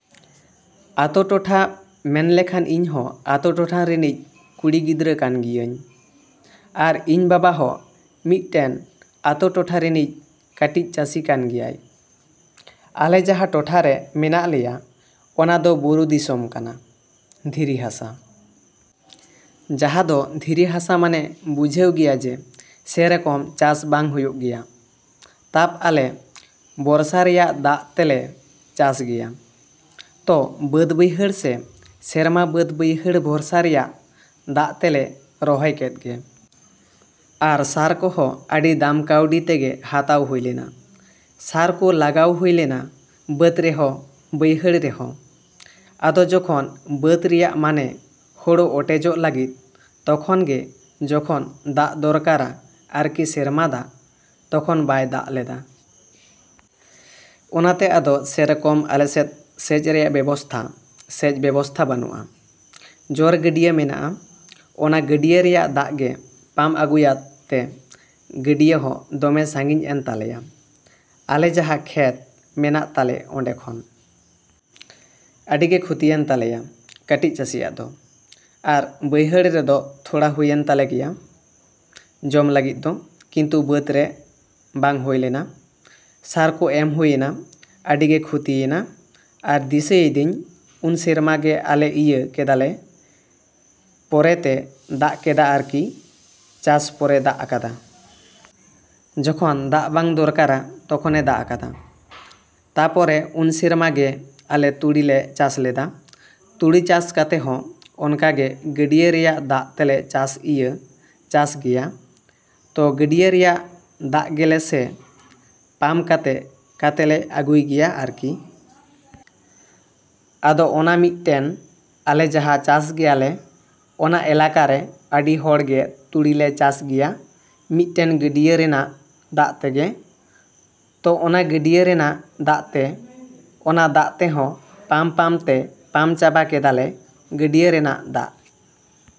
ᱟᱛᱳ ᱴᱚᱴᱷᱟ ᱢᱮᱱ ᱞᱮᱠᱷᱟᱱ ᱤᱧ ᱦᱚᱸ ᱟᱛᱳ ᱴᱚᱴᱷᱟ ᱨᱤᱱᱤᱡ ᱠᱩᱲᱤ ᱜᱤᱫᱽᱨᱟᱹ ᱠᱟᱱ ᱜᱤᱭᱟᱹᱧ ᱟᱨ ᱤᱧ ᱵᱟᱵᱟ ᱦᱚᱸ ᱢᱤᱫᱴᱮᱱ ᱟᱛᱳ ᱴᱚᱴᱷᱟ ᱨᱤᱱᱤᱡ ᱠᱟᱹᱴᱤᱡ ᱪᱟᱹᱥᱤ ᱠᱟᱱ ᱜᱮᱭᱟᱭ᱾ ᱟᱞᱮ ᱡᱟᱦᱟᱸ ᱴᱚᱴᱷᱟ ᱨᱮ ᱢᱮᱱᱟᱜ ᱞᱮᱭᱟ ᱚᱱᱟ ᱫᱚ ᱵᱩᱨᱩ ᱫᱤᱥᱚᱢ ᱠᱟᱱᱟ, ᱫᱷᱤᱨᱤ ᱦᱟᱥᱟ᱾ ᱡᱟᱦᱟᱸ ᱫᱚ ᱫᱷᱤᱨᱤ ᱦᱟᱥᱟ ᱢᱟᱱᱮ ᱵᱩᱡᱷᱟᱹᱣ ᱜᱮᱭᱟ ᱡᱮ ᱥᱮᱨᱚᱠᱚᱢ ᱪᱟᱥ ᱵᱟᱝ ᱦᱩᱭᱩᱜ ᱜᱮᱭᱟ᱾ ᱛᱟᱵᱽ ᱟᱞᱮ ᱵᱚᱨᱥᱟ ᱨᱮᱱᱟᱜ ᱫᱟᱜ ᱛᱮᱞᱮ ᱪᱟᱥ ᱜᱮᱭᱟ᱾ ᱛᱚ ᱵᱟᱸᱫᱽ ᱵᱟᱹᱭᱦᱟᱹᱲ ᱥᱮ ᱥᱮᱨᱢᱟ ᱵᱟᱹᱫᱽ ᱵᱟᱹᱭᱦᱟᱹᱲ ᱵᱚᱨᱥᱟ ᱨᱮᱱᱟᱜ ᱫᱟᱜ ᱛᱮᱞᱮ ᱨᱚᱦᱚᱭ ᱠᱮᱫ ᱜᱮ᱾ ᱟᱨ ᱥᱟᱨ ᱠᱚᱦᱚᱸ ᱟᱹᱰᱤ ᱫᱟᱢ ᱠᱟᱹᱣᱰᱤ ᱛᱮᱜᱮ ᱦᱟᱛᱟᱣ ᱦᱩᱭ ᱞᱮᱱᱟ᱾ ᱥᱟᱨ ᱠᱚ ᱞᱟᱜᱟᱣ ᱦᱩᱭ ᱞᱮᱱᱟ ᱵᱟᱸᱫᱽ ᱨᱮᱦᱚᱸ ᱵᱟᱹᱭᱦᱟᱹᱲ ᱨᱮᱦᱚᱸ᱾ ᱟᱫᱚ ᱡᱚᱠᱷᱚᱱ ᱵᱟᱹᱫᱽ ᱨᱮᱭᱟᱜ ᱢᱟᱱᱮ ᱦᱚᱲᱚ ᱚᱴᱮᱡᱚᱜ ᱞᱟᱹᱜᱤᱫ ᱛᱚᱠᱷᱚᱱ ᱜᱮ ᱡᱚᱠᱷᱚᱱ ᱫᱟᱜ ᱫᱚᱨᱠᱟᱨᱟ ᱟᱨᱠᱤ ᱥᱮᱨᱢᱟ ᱨᱮᱱᱟᱜ, ᱛᱚᱠᱷᱚᱱ ᱵᱟᱭ ᱫᱟᱜ ᱞᱮᱫᱟ᱾ ᱚᱱᱟᱛᱮ ᱟᱫᱚ ᱥᱮᱨᱚᱠᱚᱢ ᱟᱞᱮ ᱥᱮᱫ ᱥᱮᱪ ᱨᱮᱭᱟᱜ ᱵᱮᱵᱚᱥᱛᱷᱟ, ᱥᱮᱪ ᱵᱮᱵᱚᱥᱛᱷᱟ ᱵᱟᱹᱱᱩᱜᱼᱟ᱾ ᱡᱚᱨ ᱜᱟᱹᱰᱭᱟᱹ ᱢᱮᱱᱟᱜᱼᱟ, ᱚᱱᱟ ᱜᱟᱹᱰᱭᱟᱹ ᱨᱮᱱᱟᱜ ᱫᱟᱜ ᱜᱮ ᱯᱟᱢ ᱟᱹᱜᱩᱭᱟᱫ ᱛᱮ ᱜᱟᱹᱰᱭᱟᱹ ᱦᱚᱸ ᱫᱚᱢᱮ ᱥᱟᱹᱜᱤᱧ ᱮᱱ ᱛᱟᱞᱮᱭᱟ ᱟᱞᱮ ᱡᱟᱦᱟᱸ ᱠᱷᱮᱛ ᱢᱮᱱᱟᱜ ᱛᱟᱞᱮ ᱚᱸᱰᱮ ᱠᱷᱚᱱ᱾ ᱟᱹᱰᱤ ᱜᱮ ᱠᱷᱚᱛᱤᱭᱮᱱ ᱛᱟᱞᱮᱭᱟ ᱠᱟᱹᱴᱤᱡ ᱪᱟᱹᱥᱤᱭᱟᱜ ᱫᱚ᱾ ᱟᱨ ᱵᱟᱹᱭᱦᱟᱹᱲ ᱨᱮᱫᱚ ᱛᱷᱚᱲᱟ ᱦᱩᱭᱮᱱ ᱛᱟᱞᱮ ᱜᱮᱭᱟ ᱡᱚᱢ ᱞᱟᱹᱜᱤᱫ ᱫᱚ ᱠᱤᱱᱛᱩ ᱵᱟᱸᱫᱽ ᱨᱮ ᱵᱟᱝ ᱦᱩᱭ ᱞᱮᱱᱟ᱾ ᱥᱟᱨ ᱠᱚ ᱮᱢ ᱦᱩᱭᱮᱱᱟ, ᱟᱹᱰᱤ ᱜᱮ ᱠᱷᱚᱛᱤᱭᱮᱱᱟ᱾ ᱟᱨ ᱫᱤᱥᱟᱹᱭᱮᱫᱟᱹᱧ ᱩᱱ ᱥᱮᱨᱢᱟ ᱜᱮ ᱟᱞᱮ ᱤᱭᱟᱹ ᱠᱮᱫᱟ ᱞᱮ, ᱯᱚᱨᱮ ᱛᱮ ᱫᱟᱜ ᱠᱮᱫᱟ ᱟᱨᱠᱤ, ᱪᱟᱥ ᱯᱚᱨᱮ ᱫᱟᱜ ᱟᱠᱟᱫᱟ᱾ ᱡᱚᱠᱷᱚᱱ ᱫᱟᱜ ᱵᱟᱝ ᱫᱚᱨᱠᱟᱨᱟ ᱛᱚᱠᱷᱚᱱᱮ ᱫᱟᱜ ᱟᱠᱟᱫᱟ᱾ ᱛᱟᱯᱚᱨᱮ ᱩᱱ ᱥᱮᱨᱢᱟ ᱜᱮ ᱟᱞᱮ ᱛᱩᱲᱤ ᱞᱮ ᱪᱟᱥ ᱞᱮᱫᱟ᱾ ᱛᱩᱲᱤ ᱪᱟᱥ ᱠᱟᱛᱮ ᱦᱚᱸ ᱚᱱᱠᱟ ᱜᱮ ᱜᱟᱹᱰᱭᱟᱹ ᱨᱮᱱᱟᱜ ᱫᱟᱜ ᱛᱮᱞᱮ ᱪᱟᱥ ᱤᱭᱟᱹ ᱪᱟᱥ ᱜᱮᱭᱟ᱾ ᱛᱚ ᱜᱟᱹᱰᱭᱟᱹ ᱨᱮᱱᱟᱜ ᱫᱟᱜ ᱜᱮᱞᱮ ᱥᱮ ᱯᱟᱢ ᱠᱟᱛᱮ ᱠᱟᱛᱮᱞᱮ ᱟᱹᱜᱩᱭ ᱜᱮᱭᱟ ᱟᱨᱠᱤ᱾ ᱟᱫᱚ ᱚᱱᱟ ᱢᱤᱫᱴᱮᱱ ᱟᱞᱮ ᱡᱟᱦᱟᱸ ᱪᱟᱥ ᱜᱮᱭᱟᱞᱮ ᱚᱱᱟ ᱮᱞᱟᱠᱟᱨᱮ ᱟᱹᱰᱤ ᱦᱚᱲ ᱜᱮ ᱛᱩᱲᱤ ᱞᱮ ᱪᱟᱥ ᱜᱮᱭᱟ ᱢᱤᱫᱴᱮᱱ ᱜᱟᱹᱰᱭᱟᱹ ᱨᱮᱱᱟᱜ ᱫᱟᱜ ᱛᱮᱜᱮ᱾ ᱛᱚ ᱚᱱᱟ ᱜᱟᱹᱰᱭᱟᱹ ᱨᱮᱱᱟᱜ ᱫᱟᱜ ᱛᱮ, ᱚᱱᱟ ᱫᱟᱜ ᱛᱮᱦᱚᱸ ᱯᱟᱢᱼᱯᱟᱢ ᱛᱮ ᱯᱟᱢ ᱪᱟᱵᱟ ᱠᱮᱫᱟ ᱞᱮ ᱜᱟᱹᱰᱭᱟᱹ ᱨᱮᱱᱟᱜ ᱫᱟᱜ᱾